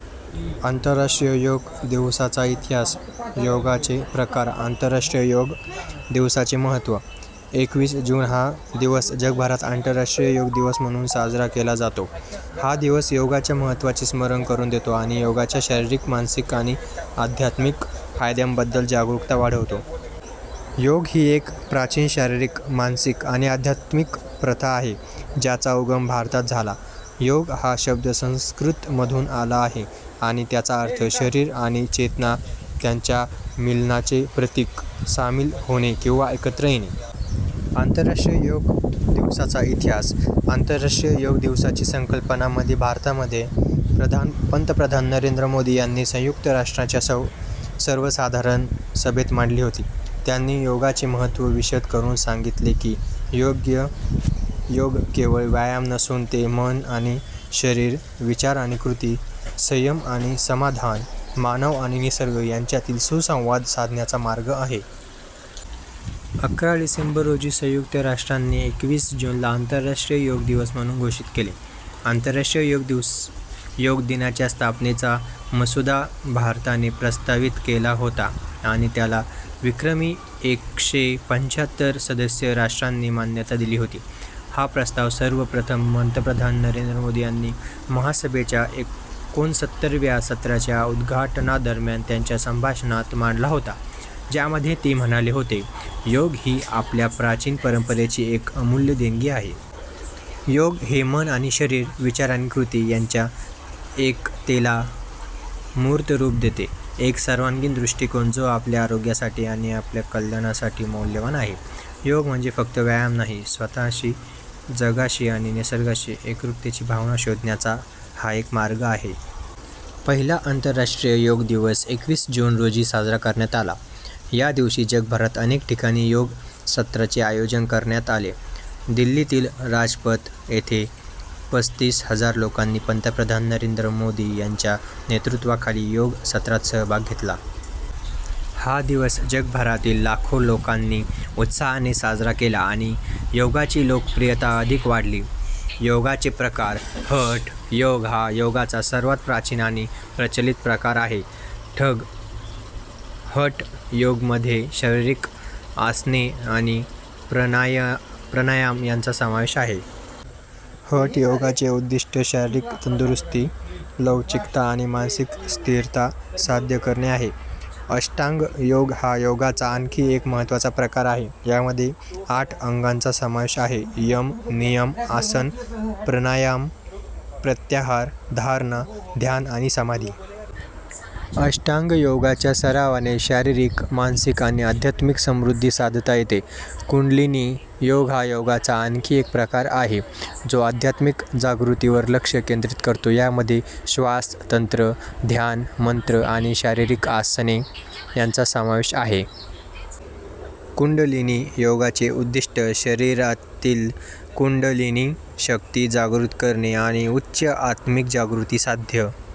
आंतरराष्ट्रीय योग दिवसाचा इतिहास, योगाचे प्रकार, आंतरराष्ट्रीय योग दिवसाचे महत्त्व. एकवीस जून हा दिवस जगभरात आंतरराष्ट्रीय योग दिवस म्हणून साजरा केला जातो. हा दिवस योगाच्या महत्त्वाचे स्मरण करून देतो आणि योगाच्या शारीरिक, मानसिक आणि आध्यात्मिक फायद्यांबद्दल जागरूकता वाढवतो. योग ही एक प्राचीन शारीरिक, मानसिक आणि आध्यात्मिक प्रथा आहे, ज्याचा उगम भारतात झाला. योग हा शब्द संस्कृतमधून आला आहे आणि त्याचा अर्थ शरीर आणि चेतना यांच्या मिलनाचे प्रतीक, सामील होणे किंवा एकत्र येणे. आंतरराष्ट्रीय योग दिवसाचा इतिहास. आंतरराष्ट्रीय योग दिवसाची संकल्पना मध्ये भारताचे पंतप्रधान नरेंद्र मोदी यांनी संयुक्त राष्ट्रांच्या सर्वसाधारण सभेत मांडली होती. त्यांनी योगाचे महत्त्व विशद करून सांगितले की, योग केवळ व्यायाम नसून, ते मन आणि शरीर, विचार आणि कृती, संयम आणि समाधान, मानव आणि निसर्ग यांच्यातील सुसंवाद साधण्याचा मार्ग आहे. अकरा डिसेंबर रोजी संयुक्त राष्ट्रांनी एकवीस जूनला आंतरराष्ट्रीय योग दिवस म्हणून घोषित केले. आंतरराष्ट्रीय योग दिनाच्या स्थापनेचा मसुदा भारताने प्रस्तावित केला होता आणि त्याला विक्रमी एकशे पंच्याहत्तर सदस्य राष्ट्रांनी मान्यता दिली होती. हा प्रस्ताव सर्वप्रथम पंतप्रधान नरेंद्र मोदी यांनी महासभेच्या एकोणसत्तराव्या सत्राच्या उद्घाटनादरम्यान त्यांच्या भाषणात मांडला होता, ज्यामध्ये ते म्हणाले होते, योग ही आपल्या प्राचीन परंपरेची एक अमूल्य देणगी आहे. योग हे मन आणि शरीर, विचार आणि कृती यांच्या एकतेला मूर्त रूप देते, एक सर्वांगीण दृष्टीकोन जो आपल्या आरोग्यासाठी आणि आपल्या कल्याणासाठी मौल्यवान आहे. योग म्हणजे फक्त व्यायाम नाही, स्वतःशी, जगाशी आणि निसर्गाशी एकरूपतेची भावना शोधण्याचा हा एक मार्ग आहे. पहिला आंतरराष्ट्रीय योग दिवस एकवीस जून रोजी साजरा करण्यात आला. या दिवशी जगभरात अनेक ठिकाणी योग सत्रांचे आयोजन करण्यात आले. दिल्लीतील राजपथ येथे पस्तीस हजार लोकांनी पंतप्रधान नरेंद्र मोदी यांच्या नेतृत्वाखाली योग सत्रात भाग घेतला. हा दिवस जगभरातील लाखो लोकांनी उत्साहाने साजरा केला आणि योगाची लोकप्रियता अधिक वाढली. योगाचे प्रकार. हठ योग हा योगाचा सर्वात प्राचीन आणि प्रचलित प्रकार आहे. हठ योगामध्ये शारीरिक आसने आणि प्राणायाम यांचा समावेश आहे. हठ योगाचे उद्दिष्ट शारीरिक तंदुरुस्ती, लवचिकता आणि मानसिक स्थिरता साध्य करणे आहे. अष्टांग योग हा योगाचा आणखी एक महत्त्वाचा प्रकार आहे. यामध्ये आठ अंगांचा समावेश आहे, यम, नियम, आसन, प्राणायाम, प्रत्याहार, धारणा, ध्यान आणि समाधी. अष्टांग योगाच्या सरावाने शारीरिक, मानसिक आणि आध्यात्मिक समृद्धी साधता येते. कुंडलिनी योग हा योगाचा आणखी एक प्रकार आहे, जो आध्यात्मिक जागृतीवर लक्ष केंद्रित करतो. यामध्ये श्वास तंत्र, ध्यान, मंत्र आणि शारीरिक आसने यांचा समावेश आहे. कुंडलिनी योगाचे उद्दिष्ट शरीरातील कुंडलिनी शक्ती जागृत करणे आणि उच्च आत्मिक जागृती साध्य